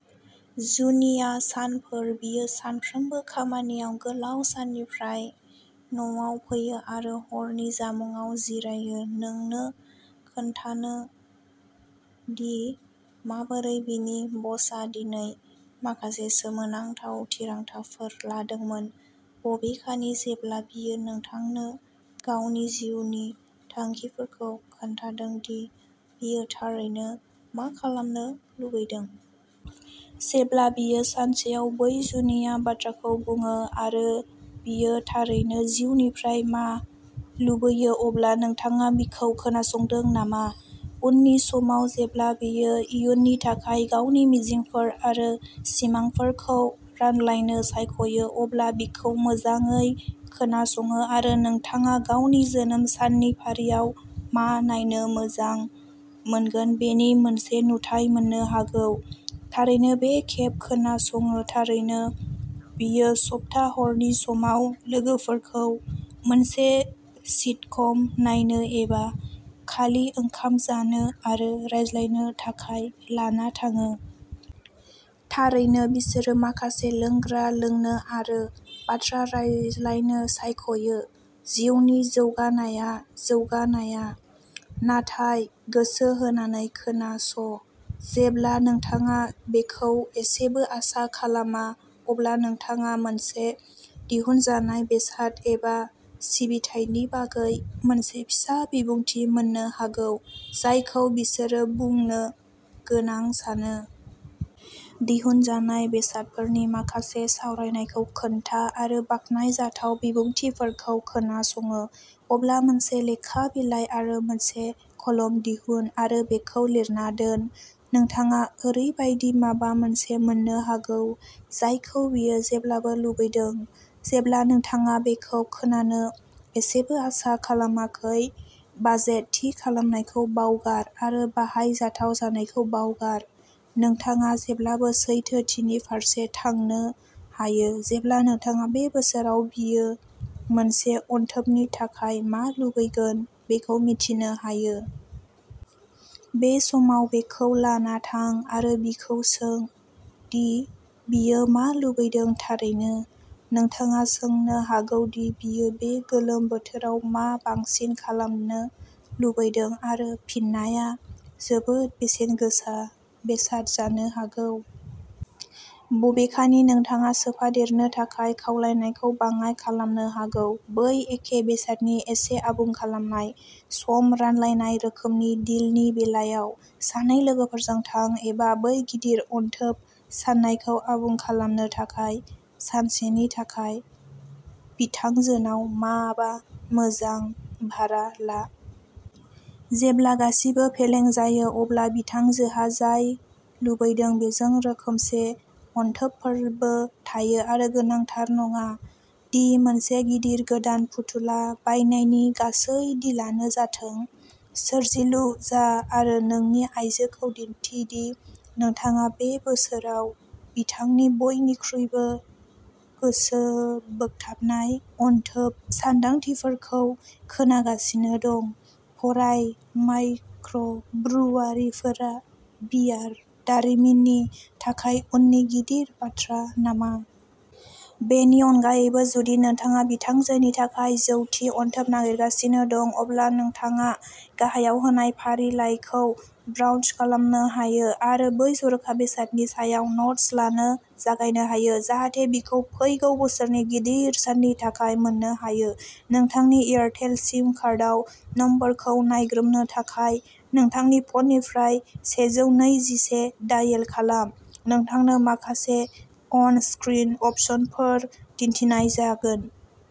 जुनिया सानफोर बियो सानफ्रोमबो खामानियाव गोलाव साननिफ्राय न'आव फैयो आरो हरनि जामुंआव जिरायो नोंनो खोन्थानो दि माबोरै बिनि बसआ दिनै माखासे सोमोनांथाव थिरांथाफोर लादोंमोन। बबेखानि, जेब्ला बियो नोंथांनो गावनि जिउनि थांखिफोरखौ खोन्थादों दि बियो थारैनो मा खालामनो लुबैदों? जेब्ला बियो सानसेआव बै जुनिया बाथ्राखौ बुङो आरो बियो थारैनो जिउनिफ्राय मा लुबैयो, अब्ला नोंथाङा बिखौ खोनासंदों नामा? उननि समाव जेब्ला बियो इयुननि थाखाय गावनि मिजिंफोर आरो सिमांफोरखौ रानलायनो सायख'यो, अब्ला बिखौ मोजाङै खोनासङो आरो नोंथाङा गावनि जोनोम साननि फारियाव मा नायनो मोजां मोनगोन बेनि मोनसे नुथाइ मोननो हागौ थारैनो बे खेब खोनासङो थारैनो, बियो सप्ता हरनि समाव लोगोफोरखौ मोनसे सिटकम नायनो एबा खालि ओंखाम जानो आरो रायज्लायनो थाखाय लाना थाङो। थारैनो, बिसोरो माखासे लोंग्रा लोंनो आरो बाथ्रा रायज्लायनो सायख'यो। जिउनि जौगानाया-जौगानाया। नाथाय गोसो होनानै खोनास, जेब्ला नोंथाङा बेखौ एसेबो आसा खालामा, अब्ला नोंथाङा मोनसे दिहुनजानाय बेसाद एबा सिबिथायनि बागै मोनसे फिसा बिबुंथि मोननो हागौ, जायखौ बिसोरो बुंनो गोनां सानो। दिहुनजानाय बेसादफोरनि माखासे सावरायनायखौ खोनथा आरो बाख्नायनायनि थाखायबो। जेब्ला नोंथाङा बाख्नायजाथाव बिबुंथिफोरखौ खोनासङो, अब्ला मोनसे लेखा बिलाइ आरो मोनसे कलम दिहुन आरो बेखौ लिरना दोन नोंथाङा ओरैबायदि माबा मोनसे मोननो हागौ जायखौ बियो जेब्लाबो लुबैदों, जेब्ला नोंथाङा बेखौ खोनानो एसेबो आसा खालामाखै बाजेट थि खालामनायखौ बावगार आरो बाहायजाथाव जानायखौ बावगार नोंथाङा जेब्लाबो सैथोथिनि फारसे थांनो हायो जेब्ला नोंथाङा बे बोसोराव बियो मोनसे अनथोबनि थाखाय मा लुबैगोन बेखौ मिथिनो हायो। बे समाव, बेखौ लाना थां आरो बिखौ सों दि बियो मा लुबैदों थारैनो, नोंथाङा सोंनो हागौ दि बियो बे गोलोम बोथोराव मा बांसिन खालामनो लुबैदों आरो फिननाया जोबोद बेसेन गोसा बेसाद जानो हागौ। बबेखानि, नोंथाङा सोफादेरनो थाखाय खावलायनायखौ बाङाय खालामनो हागौ। बै एखे बेसादनि एसे आबुं खालामनाय, सम रानलायनाय रोखोमनि डिलनि बेलायाव सानै लोगोफोरजों थां एबा बै गिदिर अनथोब साननायखौ आबुं खालामनो थाखाय सानसेनि थाखाय बिथांजोनाव माबा मोजां भारा ला। जेब्ला गासिबो फेलें जायो, अब्ला बिथांजोहा जाय लुबैदों बेजों रोखोमसे अनथोबफोरबो थायो आरो गोनांथार नङा दि मोनसे गिदिर गोदान फुथुला बायनायनि गासै डिलानो जाथों सोरजिलु जा आरो नोंनि आइजोखौ दिन्थि दि नोंथाङा बे बोसोराव बिथांनि बयनिख्रुइबो गोसोबोगथाबनाय अनथोब सानदांथिफोरखौ खोनागासिनो दं फराय माइक्रब्रुवारिफोरा बियार दारिमिननि थाखाय उननि गिदिर बाथ्रा नामा? बेनि अनगायैबो, जुदि नोंथाङा बिथांजोनि थाखाय जौ थि अनथोब नागिरगासिनो दं, अब्ला नोंथाङा गाहायाव होनाय फारिलाइखौ ब्राउज खालामनो हायो आरो बै जर'खा बेसादनि सायाव न'ट्स लानो जागायनो हायो जाहाथे बिखौ फैगौ बोसोरनि गिदिर साननि थाखाय मोननो हायो नोंथांनि एयारटेल सिम कार्डआव नम्बरखौ नायग्रोमनो थाखाय, नोंथांनि फ'ननिफ्राय सेजौनैजिसे दायेल खालाम, नोंथांनो माखासे अन स्क्रिन अपशनफोर दिन्थिनाय जागोन।